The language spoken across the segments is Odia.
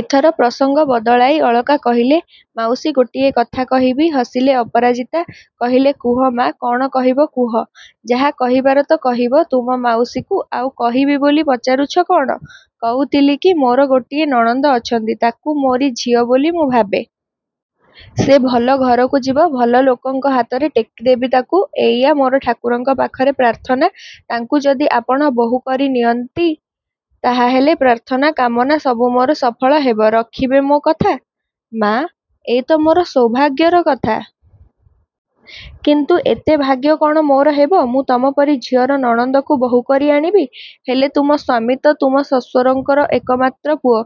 ଏଥର ପ୍ରସଙ୍ଗ ବଦଳାଇ ଅଳକା କହିଲେ–ମାଉସୀ ଗୋଟିଏ କଥା କହିବି। ହସିଲେ ଅପରାଜିତା। କହିଲେ–କୁହ ମା', କ'ଣ କହିବ କୁହ। ଯାହା କହିବାର ତ କହିବ ତୁମ ମାଉସୀକୁ, ଆଉ କହିବି ବୋଲି ପଚାରୁଛ କ'ଣ? କହୁଥିଲି କି ମୋର ଗୋଟିଏ ନଣନ୍ଦ ଅଛନ୍ତି। ତାକୁ ମୋରି ଝିଅ ବୋଲି ମୁଁ ଭାବେ। ସେ ଭଲ ଘରକୁ ଯିବ, ଭଲ ଲୋକଙ୍କ ହାତରେ ଟେକିଦେବି ତାକୁ। ଏଇଆ ମୋର ଠାକୁରଙ୍କ ପାଖରେ ପ୍ରାର୍ଥନା। ତାଙ୍କୁ ଯଦି ଆପଣ ବୋହୂ କରିନିଅନ୍ତି ତାହାହେଲେ ପ୍ରାର୍ଥନା କାମନା ସବୁ ମୋର ସପଂଳ ହେବ। ରଖିବେ ମୋ କଥା? ମା', ଏ ତ ମୋର ସୌଭାଗ୍ୟର କଥା! କିନ୍ତୁ ଏତେ ଭାଗ୍ୟ କ'ଣ ମୋର ହେବ? ମୁଁ ତୁମ ପରି ଝିଅର ନଣନ୍ଦକୁ ବୋହୂ କରି ଆଣିବି। ହେଲେ–ତୁମ ସ୍ୱାମୀ ତ ତୁମ ଶ୍ୱଶୁରଙ୍କର ଏକମାତ୍ର ପୁଅ,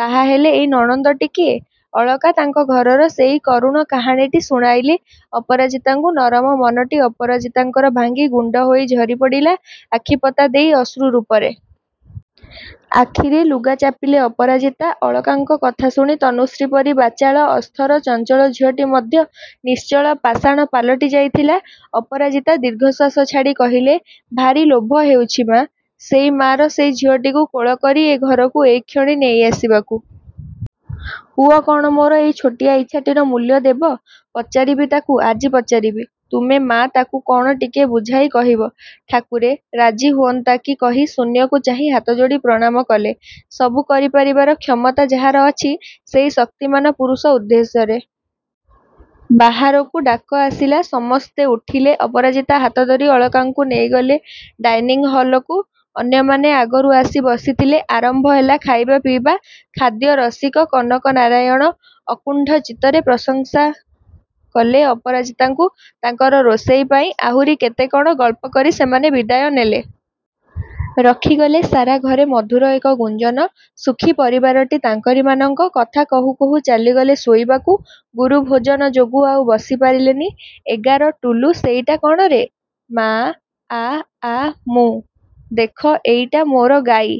ତାହାହେଲେ ଏଇ ନଣନ୍ଦଟି କିଏ? ଅଳକା ତାଙ୍କ ଘରର ସେଇ କରୁଣ କାହାଣୀଟି ଶୁଣାଇଲେ ଅପରାଜିତାଙ୍କୁ ନରମ ମନଟି ଅପରାଜିତାଙ୍କର ଭାଙ୍ଗି ଗୁଣ୍ତ ହୋଇ ଝରିପଡ଼ିଲା ଆଖିପତା ଦେଇ ଅଶ୍ରୁ ରୂପରେ। ଆଖିରେ ଲୁଗା ଚାପିଲେ ଅପରାଜିତା। ଅଳକାଙ୍କ କଥା ଶୁଣି ତନୁଶ୍ରୀ ପରି ବାଚାଳ, ଅସ୍ଥର, ଚଞ୍ଚଳ ଝିଅଟି ମଧ୍ୟ ନିଶ୍ଚଳ ପାଷାଣ ପାଲଟି ଯାଇଥିଲା। ଅପରାଜିତା ଦୀର୍ଘଶ୍ୱାସ ଛାଡ଼ି କହିଲେ–ଭାରି ଲୋଭ ହେଉଛି ମା'! ସେଇ ମା'ର ସେଇ ଝିଅଟିକୁ କୋଳ କରି ଏ ଘରକୁ ଏଇକ୍ଷଣି ନେଇଆସିବାକୁ। ପୁଅ କ'ଣ ମୋର ଏଇ ଛୋଟିଆ ଇଚ୍ଛାଟିର ମୂଲ୍ୟ ଦେବ! ପଚାରିବି, ତାକୁ ଆଜି ପଚାରିବି। ତୁମେ ମା' ତାକୁ କ'ଣ ଟିକିଏ ବୁଝାଇ କହିବ? ଠାକୁରେ–ରାଜି ହୁଅନ୍ତା କି କହି ଶୂନ୍ୟକୁ ଚାହିଁ ହାତଯୋଡ଼ି ପ୍ରଣାମ କଲେ ସବୁ କରିପାରିବାର କ୍ଷମତା ଯାହାର ଅଛି ସେଇ ଶକ୍ତିମାନ ପୁରୁଷ ଉଦ୍ଦେଶ୍ୟରେ। ବାହାରୁ ଡାକଆସିଲା– ସମସ୍ତେ ଉଠିଲେ। ଅପରାଜିତା ହାତଧରି ଅଳକାଙ୍କୁ ନେଇଗଲେ ଡାଇନିଂ ହଲକୁ। ଅନ୍ୟମାନେ ଆଗରୁ ଆସି ବସିଥିଲେ। ଆରମ୍ଭ ହେଲା ଖାଇବା ପିଇବା। ଖାଦ୍ୟ ରସିକ କନକନାରାୟଣ ଅକୁଣ୍ଠଚିତ୍ତରେ ପ୍ରଶଂସାକଲେ ଅପରାଜିତାଙ୍କୁ, ତାଙ୍କର ରୋଷେଇ ପାଇଁ। ଆହୁରି କେତେ କ'ଣ ଗଳ୍ପକରି ସେମାନେ ବିଦାୟନେଲେ। ରଖିଗଲେ ସାରା ଘରେ ମଧୁର ଏକ ଗୁଞ୍ଜନ। ସୁଖି ପରିବାରଟି ତାଙ୍କରିମାନଙ୍କ। କଥା କହୁ କହୁ ଚାଲିଗଲେ ଶୋଇବାକୁ। ଗୁରୁଭୋଜନ ଯୋଗୁ ଆଉ ବସିପାରିଲେନି। ଏଗାର ଟୁଲୁ, ସେଇଟା କ'ଣରେ? ମା–ଆ–ଆ ମୁଁ। ଦେଖ ଏଇଟା ମୋର ଗାଈ।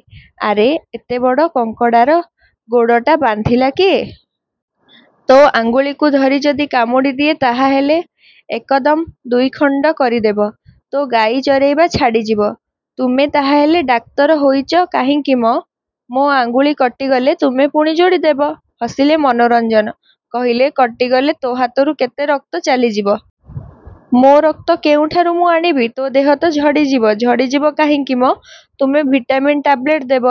ଆରେ, ଏତେବଡ଼ କଙ୍କଡ଼ାର ଗୋଡ଼ଟା ବାନ୍ଧିଲା କିଏ। ତୋ ଆଙ୍ଗୁଳିକୁ ଧରି ଯଦି କାମୁଡ଼ିଦିଏ ତାହାହେଲେ ଏକଦମ୍ ଦୁଇଖଣ୍ତ କରିଦେବ। ତୋ ଗାଈ ଚରେଇବା ଛାଡ଼ିଯିବ। ତୁମେ ତାହାହେଲେ ଡାକ୍ତର ହୋଇଚ କାହିଁକି ମ? ମୋ ଆଙ୍ଗୁଳି କଟିଗଲେ ତୁମେ ପୁଣି ଯୋଡ଼ିଦେବ। ହସିଲେ ମନୋରଞ୍ଜନ। କହିଲେ–କଟିଗଲେ ତୋ ହାତରୁ କେତେ ରକ୍ତ ଚାଲିଯିବ। ସେ ରକ୍ତ କେଉଁଠାରୁ ମୁଁ ଆଣିବି। ତୋ ଦେହ ତ ଝଡ଼ିଯିବ। ଝଡ଼ିଯିବି କାହିଁକି ମ। ତୁମେ ଭିଟାମିନ୍ ଟାବଲେଟ୍ ଦେବ।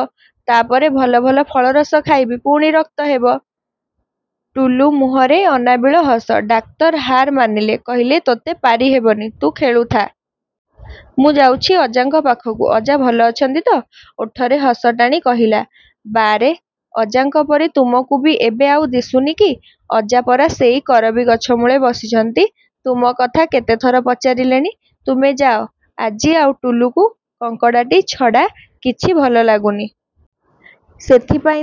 ତା'ପରେ ଭଲ ଭଲ ଫଳରସ ଖାଇବି। ପୁଣି ରକ୍ତହେବ। ଟୁଲୁ ମୁହଁରେ ଅନାବିଳ ହସ। ଡାକ୍ତର ହାର୍ ମାନିଲେ। କହିଲେ–ତୋତେ ପାରିହେବନି। ତୁ ଖେଳୁଥା। ମୁଁ ଯାଉଛି ଅଜାଙ୍କ ପାଖକୁ। ଅଜା ଭଲ ଅଛନ୍ତି ତ? ଓଠରେ ହସଟାଣି କହିଲା– ବାରେ, ଅଜାଙ୍କ ପରି ତୁମକୁ ବି ଏବେ ଆଉ ଦିଶୁନି କି? ଅଜା ପରା ସେଇ କରବୀ ଗଛମୂଳେ ବସିଛନ୍ତି। ତୁମ କଥା କେତେଥର ପଚାରିଲେଣି। ତୁମେ ଯାଅ। ଆଜି ଆଉ ଟୁଲୁକୁ କଙ୍କଡ଼ାଟି ଛଡ଼ା କିଛି ଭଲଲାଗୁନି। ସେଥିପାଇଁ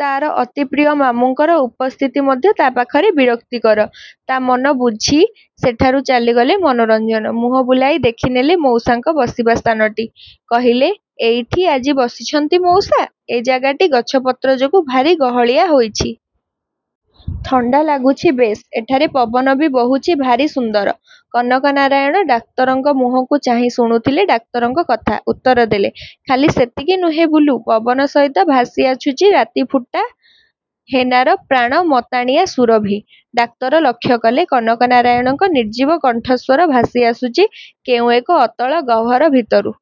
ତା'ର ଅତି ପ୍ରିୟ ମାମୁଁଙ୍କର ଉପସ୍ତିତି ମଧ୍ୟ ତା' ପାଖରେ ବିରକ୍ତିକର। ତା'ମନ ବୁଝି ସେଠାରୁ ଚାଲିଗଲେ ମନୋରଞ୍ଜନ। ମୁହଁ ବୁଲାଇ ଦେଖିନେଲେ ମଉସାଙ୍କ ବସିବା ସ୍ଥାନଟି। କହିଲେ, ଏଇଠି ଆଜି ବସିଛନ୍ତି ମଉସା। ଏ ଜାଗାଟି ଗଛ ପତ୍ରଯୋଗୁଁ ଭାରି ଗହଳିଆ ହୋଇଛି। ଥଣ୍ତା ଲାଗୁଛି ବେଶ୍। ଏଠାରେ ପବନ ବି ବହୁଛି ଭାରି ସୁନ୍ଦର। କନକନାରାୟଣ ଡାକ୍ତରଙ୍କ ମୁହଁକୁ ଚାହିଁ ଶୁଣୁଥିଲେ ଡାକ୍ତରଙ୍କ କଥା। ଉତ୍ତରଦେଲେ–ଖାଲି ସେତିକି ନୁହେଁ ବୁଲୁ, ପବନ ସହିତ ଭାସିଆସୁଛି ରାତିଫୁଟା ହେନାର ପ୍ରାଣ ମତାଣିଆ ସୁରଭି-। ଡାକ୍ତର ଲକ୍ଷ୍ୟକଲେ– କନକନାରାୟଣଙ୍କ ନିର୍ଜୀବ କଣ୍ଠସ୍ୱର ଭାସିଆସୁଛି କେଉଁ ଏକ ଅତଳ ଗହ୍ୱର ଭିତରୁ।